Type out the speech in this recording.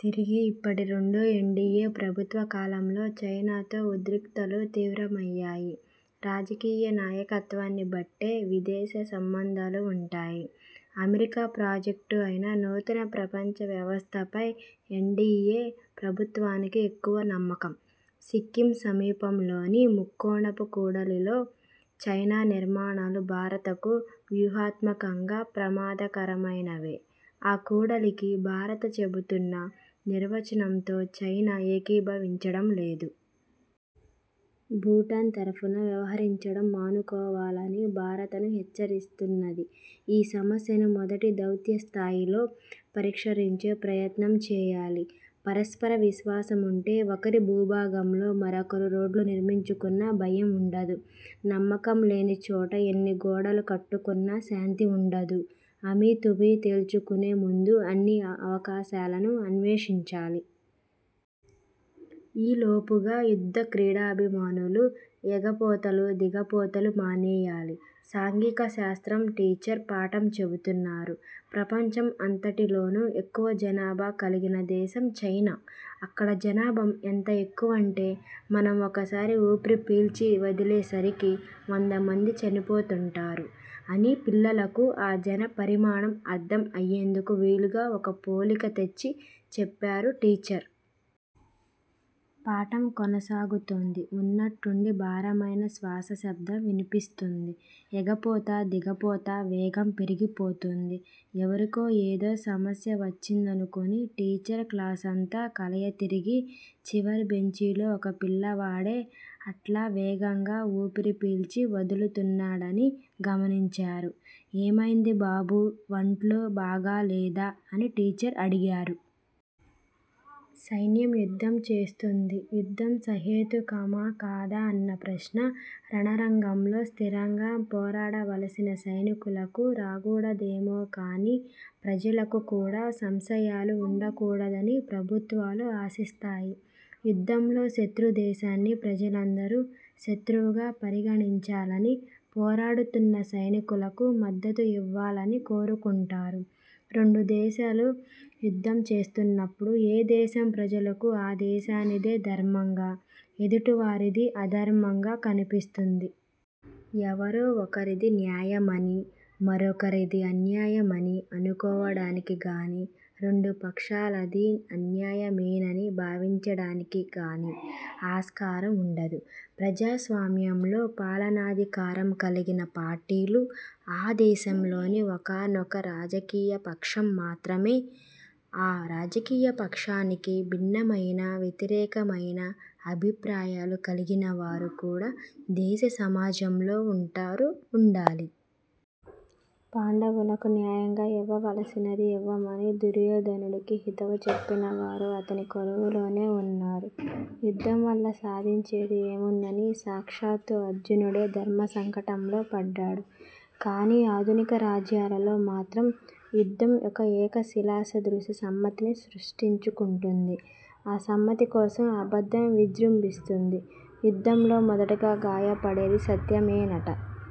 తిరిగి, ఇప్పటి రెండో ఎన్డీఏ ప్రభుత్వకాలంలో చైనాతో ఉద్రిక్తతలు తీవ్రమయ్యాయి. రాజకీయనాయకత్వాన్ని బట్టే విదేశసంబంధాలు ఉంటాయి. అమెరికా ప్రాజెక్టు అయిన నూతన ప్రపంచ వ్యవస్థపై ఎన్డీఏ ప్రభుత్వానికి ఎక్కువ నమ్మకం. సిక్కిం సమీపంలోని ముక్కోణపు కూడలిలో చైనా నిర్మాణాలు భారతకు వ్యూహాత్మకంగా ప్రమాదకరమైనవే. ఆ కూడలికి భారత చెబుతున్న నిర్వచనంతో చైనా ఏకీభవించడంలేదు. భూటాన్ తరఫున వ్యవహరించడం మానుకోవాలని భారతను హెచ్చరిస్తున్నది. ఈ సమస్యను మొదట దౌత్యస్థాయిలో పరిష్కరించే ప్రయత్నం చేయాలి. పరస్పర విశ్వాసం ఉంటే, ఒకరి భూభాగంలో మరొకరు రోడ్లు నిర్మించుకున్నా భయం ఉండదు. నమ్మకం లేని చోట, ఎన్ని గోడలు కట్టుకున్నా శాంతి ఉండదు. అమీతుమీ తేల్చుకునే ముందు, అన్ని అవకాశాలను అన్వేషించాలి. ఈ లోపుగా, యుద్ధ క్రీడాభిమానులు ఎగపోతలు, దిగపోతలు మానేయాలి. సాంఘిక శాస్త్రం టీచర్ పాఠం చెబుతున్నారు. ప్రపంచం అంతటిలోనూ ఎక్కువ జనాభా కలిగిన దేశం చైనా. అక్కడ జనబా ఎంత ఎక్కువ అంటే, మనం ఒకసారి ఊపిరి పీల్చి వదిలేసరికి వంద మంది చనిపోతుంటారు- అని పిల్లలకు ఆ జనపరిమాణం అర్థం అయ్యేందుకు వీలుగా ఒక పోలిక తెచ్చి చెప్పారు టీచర్. పాఠం కొనసాగుతోంది. ఉన్నట్టుండి భారమైన। శ్వాస శబ్దం వినిపిస్తోంది. ఎగపోత దిగపోత వేగం పెరిగిపోతోంది. ఎవరికో ఏదో సమస్య వచ్చిందనుకుని టీచర్ క్లాస్ అంతా కలయతిరిగి, చివరి బెంచిలో ఒక పిల్లవాడే అట్లా వేగంగా ఊపిరి పీల్చి వదులుతున్నాడని గమనించారు. ''ఏమైంది బాబూ, వంట్లో బాగాలేదా''-– అని టీచర్ అడిగారు. సైన్యం యుద్ధం చేస్తుంది. యుద్ధం సహేతుకమా కాదా అన్న ప్రశ్న– రణరంగంలో స్థిరంగా పోరాడవలసిన సైనికులకు రాగూడదేమో కానీ, ప్రజలకు కూడా సంశయాలు ఉండకూడదని ప్రభుత్వాలు ఆశిస్తాయి. యుద్ధంలో శత్రుదేశాన్ని ప్రజలందరూ శత్రువుగా పరిగణించాలని, పోరాడుతున్న సైనికులకు మద్దతుఇవ్వాలని కోరుకుంటాయి. రెండుదేశాలు యుద్ధం చేస్తున్నప్పుడు, ఏ దేశం ప్రజలకు ఆ దేశానిదే ధర్మంగా, ఎదుటివారిది అధర్మంగా కనిపిస్తుంది. ఎవరో ఒకరిది న్యాయమని, మరొకరిది అన్యాయమని అనుకోవడానికి గాని, రెండు పక్షాలదీ అన్యాయమేనని భావించడానికి కానీ ఆస్కారం ఉండదు. ప్రజాస్వామ్యంలో పాలనాధికారం కలిగిన పార్టీలు, ఆ దేశంలోని ఒకానొక రాజకీయపక్షం మాత్రమే. ఆ రాజకీయపక్షానికి భిన్నమయిన, వ్యతిరేకమయిన అభిప్రాయాలు కలిగినవారు కూడా దేశసమాజంలో ఉంటారు, ఉండాలి. పాండవులకు న్యాయంగా ఇవ్వవలసినది ఇవ్వమని దుర్యోధనుడికి హితవు చెప్పినవారు అతని కొలువులోనే ఉన్నారు. యుద్ధం వల్ల సాధించేది ఏముందని సాక్షాత్తూ అర్జునుడే ధర్మసంకటంలో పడ్డాడు. కానీ, ఆధునిక రాజ్యాలలో మాత్రం యుద్ధం ఒక ఏకశిలాసదృశ సమ్మతిని సృష్టించుకుంటుంది. ఆ సమ్మతికోసం అబద్ధంవిజృంభిస్తుం ది. యుద్ధంలో మొదటగాయపడేది సత్యమేనట.